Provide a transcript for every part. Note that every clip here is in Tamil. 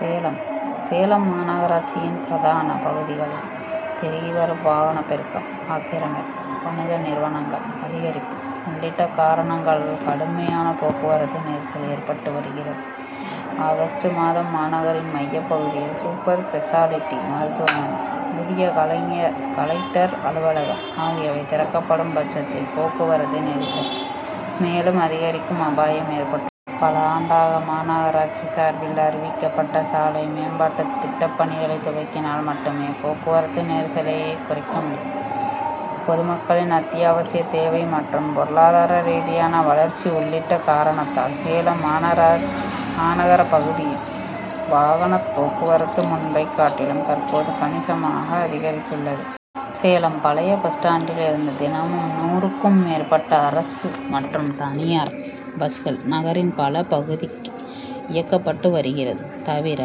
சேலம் சேலம் மாநகராட்சியின் பிரதான பகுதிகளில் பெருகி வரும் வாகன பெருக்கம், ஆக்கிரமிப்பு, வணிக நிறுவனங்கள் அதிகரிப்பு உள்ளிட்ட காரணங்களால் கடுமையான போக்குவரத்து நெரிசல் ஏற்பட்டு வருகிறது. ஆகஸ்ட் மாதம் மாநகரின் மைய பகுதியில் சூப்பர் ஸ்பெஷாலிட்டி மருத்துவமனை, புதிய கலெக்டர் அலுவலகம் ஆகியவை திறக்கப்படும் பட்சத்தில் போக்குவரத்து நெரிசல் மேலும் அதிகரிக்கும் அபாயம் ஏற்பட்டுள்ளது. பல ஆண்டாக மாநகராட்சி சார்பில் அறிவிக்கப்பட்ட சாலை மேம்பாட்டு திட்டப்பணிகளை துவக்கினால் மட்டுமே போக்குவரத்து நெரிசலை குறைக்க முடியும். பொதுமக்களின் அத்தியாவசிய தேவை மற்றும் பொருளாதார ரீதியான வளர்ச்சி உள்ளிட்ட காரணத்தால் சேலம் மாநகர பகுதியில் வாகன போக்குவரத்து முன்பை காட்டிலும் தற்போது கணிசமாக அதிகரித்துள்ளது. சேலம் பழைய பஸ் ஸ்டாண்டில் இருந்து தினமும் நூறு க்கும் மேற்பட்ட அரசு மற்றும் தனியார் பஸ்கள் நகரின் பல பகுதிக்கு இயக்கப்பட்டு வருகிறது. தவிர,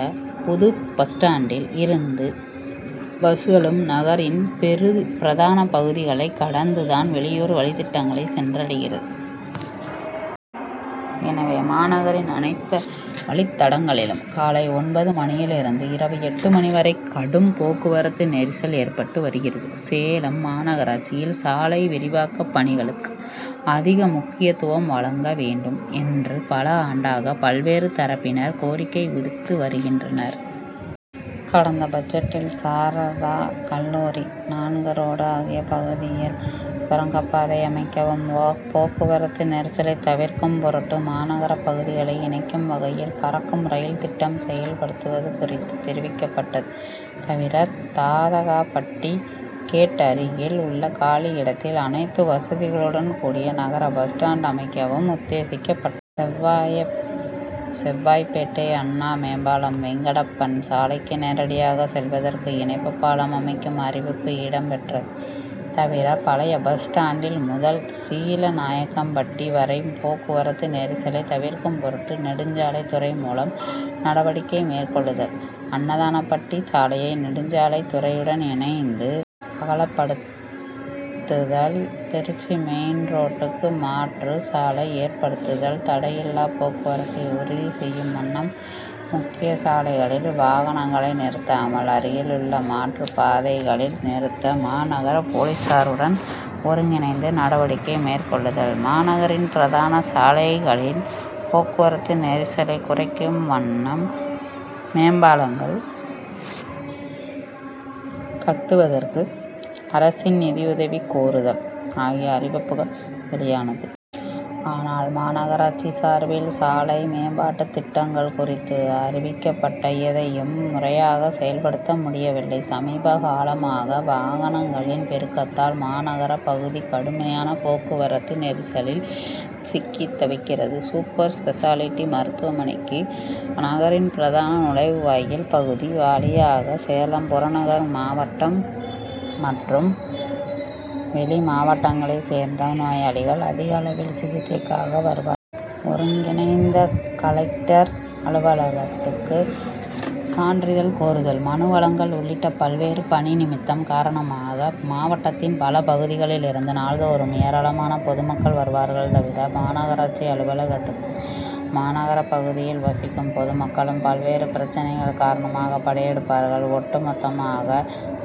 புது பஸ் ஸ்டாண்டில் இருந்து புறப்படும் பெரும்பாலான பஸ்களும் நகரின் பிரதான பகுதிகளை கடந்து தான் வெளியூர் வழித்தடங்களை சென்றடைகிறது. எனவே, மாநகரின் அனைத்த வழித்தடங்களிலும் காலை ஒன்பது மணியில் இருந்து இரவு எட்டு மணி வரை கடும் போக்குவரத்து நெரிசல் ஏற்பட்டு வருகிறது. சேலம் மாநகராட்சியில் சாலை விரிவாக்க பணிகளுக்கு அதிக முக்கியத்துவம் வழங்க வேண்டும் என்று பல ஆண்டாக பல்வேறு தரப்பினர் கோரிக்கை விடுத்து வருகின்றனர். கடந்த பட்ஜெட்டில் சாரதா கல்லூரி, நான்கு ரோடு ஆகிய பகுதியில் சுரங்கப்பாதை அமைக்கவும், போக்குவரத்து நெரிசலை தவிர்க்கும் பொருட்டு மாநகர பகுதிகளை இணைக்கும் வகையில் பறக்கும் ரயில் திட்டம் செயல்படுத்துவது குறித்து தெரிவிக்கப்பட்டது. தவிர, தாதகாப்பட்டி கேட் அருகில் உள்ள காலி இடத்தில் அனைத்து வசதிகளுடன் கூடிய நகர பஸ் ஸ்டாண்ட் அமைக்கவும் உத்தேசிக்கப்பட்டது. செவ்வாய்ப்பேட்டை அண்ணா மேம்பாலம்-வெங்கடப்பன் சாலைக்கு நேரடியாக செல்வதற்கு இணைப்பு பாலம் அமைக்கும் அறிவிப்பு இடம் பெற்றது. தவிர, பழைய பஸ் ஸ்டாண்டில் முதல் சீலநாயக்கன்பட்டி வரை போக்குவரத்து நெரிசலை தவிர்க்கும் பொருட்டு நெடுஞ்சாலை துறை மூலம் நடவடிக்கை மேற்கொள்ளுதல், அன்னதானப்பட்டி சாலையை நெடுஞ்சாலை துறையுடன் இணைந்து அகலப்படுத்துல், திருச்சி மெயின் ரோட்டுக்கு மாற்று சாலை ஏற்படுத்துதல், தடையில்லா போக்குவரத்தை உறுதி செய்யும் வண்ணம் முக்கிய சாலைகளில் வாகனங்களை நிறுத்தாமல் அருகில் உள்ள மாற்று பாதைகளில் நிறுத்த மாநகர போலீஸாருடன் ஒருங்கிணைந்து நடவடிக்கை மேற்கொள்ளுதல், மாநகரின் பிரதான சாலைகளில் போக்குவரத்து நெரிசலை குறைக்கும் வண்ணம் மேம்பாலங்கள் கட்டுவதற்கு அரசின் நிதியுதவி கோருதல் ஆகிய அறிவிப்புகள் வெளியானது. ஆனால், மாநகராட்சி சார்பில் சாலை மேம்பாட்டு திட்டங்கள் குறித்து அறிவிக்கப்பட்ட எதையும் முறையாக செயல்படுத்த முடியவில்லை. சமீபகாலமாக வாகனங்களின் பெருக்கத்தால் மாநகர பகுதி கடுமையான போக்குவரத்து நெரிசலில் சிக்கி தவிக்கிறது. சூப்பர் ஸ்பெஷாலிட்டி மருத்துவனைக்கு நகரின் பிரதான நுழைவு வாயில் பகுதி வழியாக சேலம் புறநகர் மாவட்டம் மற்றும் வெளி மாவட்டங்களை சேர்ந்த நோயாளிகள் அதிகளவில் சிகிச்சைக்காக வருவார்கள். ஒருங்கிணைந்த கலெக்டர் அலுவலகத்துக்கு சான்றிதழ் கோருதல், மனு வழங்கல் உள்ளிட்ட பல்வேறு பணி நிமித்தம் காரணமாக, மாவட்டத்தின் பல பகுதிகளில் இருந்து நாள்தோறும் ஏராளமான பொதுமக்கள் வருவார்கள். தவிர, மாநகராட்சி அலுவலகத்துக்கு மாநகர பகுதியில் வசிக்கும் பொதுமக்களும் பல்வேறு பிரச்னைகள் காரணமாக படையெடுப்பார்கள். ஒட்டு மொத்தமாக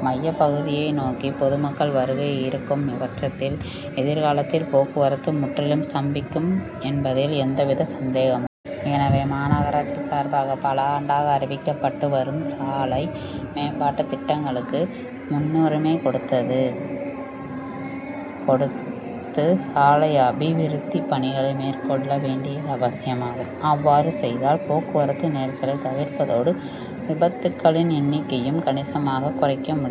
மைய பகுதியை நோக்கி பொதுமக்கள் வருகை இருக்கும் பட்சத்தில் எதிர்காலத்தில் போக்குவரத்து முற்றிலும் ஸ்தம்பிக்கும் என்பதில் எந்தவித சந்தேகமும் இல்லை. எனவே, மாநகராட்சி சார்பாக பல ஆண்டாக அறிவிக்கப்பட்டு வரும் சாலை மேம்பாட்டு திட்டங்களுக்கு முன்னுரிமை கொடுத்து, சாலை அபிவிருத்தி பணிகளை மேற்கொள்ள வேண்டியது அவசியமாகும். அவ்வாறு செய்தால் போக்குவரத்து நெரிசலை தவிர்ப்பதோடு, விபத்துக்களின் எண்ணிக்கையையும் கணிசமாக குறைக்க முடியும்.